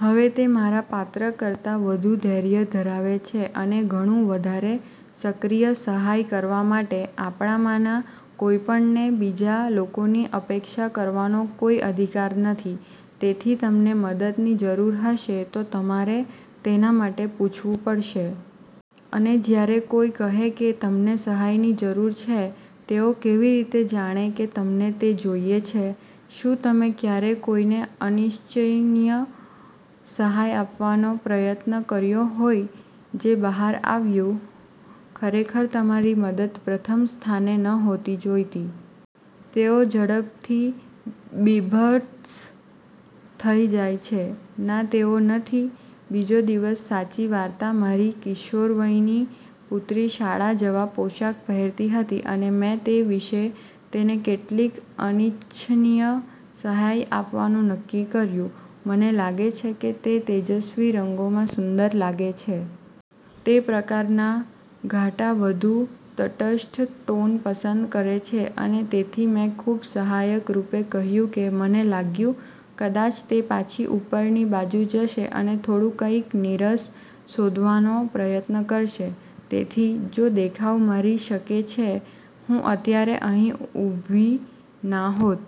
હવે, તે મારા પાત્ર કરતાં વધુ ધૈર્ય ધરાવે છે અને ઘણું વધારે સક્રિય, સહાય કરવા માટે આપણામાંના કોઈપણને બીજા લોકોની અપેક્ષા કરવાનો કોઈ અધિકાર નથી. તેથી તમને મદદની જરૂર હશે તો તમારે તેના માટે પૂછવું પડશે. અને જ્યારે કોઈ કહે કે તમને સહાયની જરૂર છે, તેઓ કેવી રીતે જાણે કે તમને તે જોઈએ છે? શું તમે ક્યારેય કોઈને અનિચ્છનીય સહાય આપવાનો પ્રયત્ન કર્યો હોય જે બહાર આવ્યું, ખરેખર તમારી મદદ પ્રથમ સ્થાને નહોતી જોઈતી? તેઓ ઝડપથી બીભત્સ થઈ જાય છે. ના તેઓ નથી? બીજો દિવસ સાચી વાર્તા મારી કિશોરવયની પુત્રી શાળા જવા પોશાક પહેરતી હતી અને મેં તે વિશે તેને કેટલીક અનિચ્છનીય સહાય આપવાનું નક્કી કર્યું. મને લાગે છે કે તે તેજસ્વી રંગોમાં સુંદર લાગે છે. તે પ્રકારના ઘાટા વધુ તટસ્થ ટોન પસંદ કરે છે અને તેથી મેં ખૂબ સહાયક રૂપે કહ્યું કે મને લાગ્યું કદાચ તે પાછી ઉપરની બાજુ જશે અને થોડું કંઈક નીરસ શોધવાનો પ્રયત્ન કરશે. તેથી, જો દેખાવ મારી શકે છે, હું અત્યારે અહીં ઊભી ના હોત.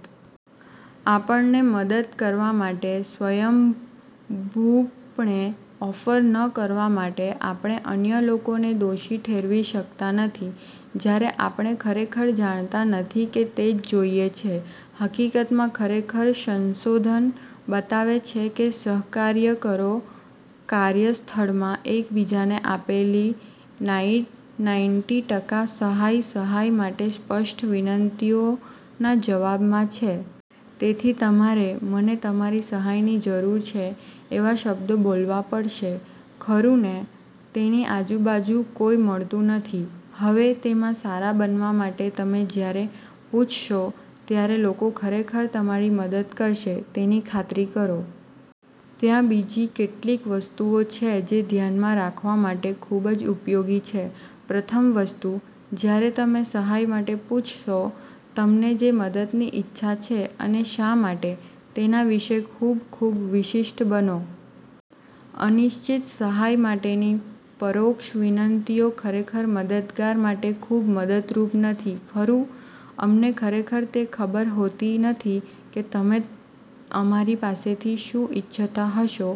આપણને મદદ કરવા માટે સ્વયંભૂપણે ઓફર ન કરવા માટે આપણે અન્ય લોકોને દોષી ઠેરવી શકતા નથી જ્યારે આપણે ખરેખર જાણતા નથી કે તે જ જોઈએ છે. હકીકતમાં, ખરેખર, સંશોધન બતાવે છે કે સહકાર્યકરો કાર્યસ્થળમાં એક બીજાને આપેલી નાઈન્ટી ટકા સહાય સહાય માટે સ્પષ્ટ વિનંતીઓના જવાબમાં છે. તેથી તમારે "મને તમારી સહાયની જરૂર છે" એવા શબ્દો બોલવા પડશે. ખરું ને? તેની આજુબાજુ કોઈ મળતું નથી. હવે, તેમાં સારા બનવા માટે તમે જ્યારે પૂછશો ત્યારે લોકો ખરેખર તમારી મદદ કરશે, તેની ખાતરી કરો. ત્યાં બીજી કેટલીક વસ્તુઓ છે જે ધ્યાનમાં રાખવા માટે ખૂબ જ ઉપયોગી છે. પ્રથમ વસ્તુ, જ્યારે તમે સહાય માટે પૂછશો, તમને જે મદદની ઇચ્છા છે અને શા માટે, તેના વિશે ખૂબ, ખૂબ વિશિષ્ટ બનો. અનિશ્ચિત, સહાય માટેની પરોક્ષ વિનંતીઓ ખરેખર મદદગાર માટે ખૂબ મદદરૂપ નથી, ખરું? અમને ખરેખર તે ખબર હોતી નથી કે તમે અમારી પાસેથી શું ઇચ્છતા હશો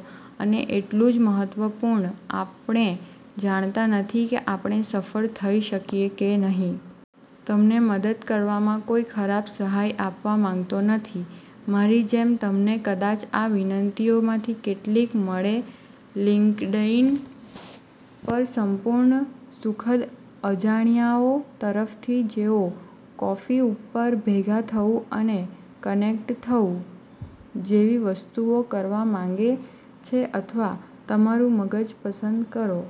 અને એટલું જ મહત્વપૂર્ણ, આપણે જાણતા નથી કે આપણે સફળ થઈ શકીએ કે નહીં. તમને મદદ કરવામાં કોઈ ખરાબ સહાય આપવા માંગતો નથી. મારી જેમ તમને કદાચ આ વિનંતીઓમાંથી કેટલીક મળે લિંક્ડઇન પર સંપૂર્ણ સુખદ અજાણ્યાઓ તરફથી જેઓ "કોફી ઉપર ભેગા થવું અને કનેક્ટ થવું" જેવી વસ્તુઓ કરવા માંગે છે અથવા "તમારું મગજ પસંદ કરો."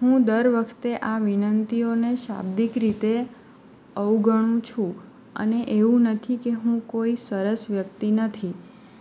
હું દર વખતે આ વિનંતીઓને શાબ્દિક રીતે અવગણું છું. અને એવું નથી કે હું કોઈ સરસ વ્યક્તિ નથી.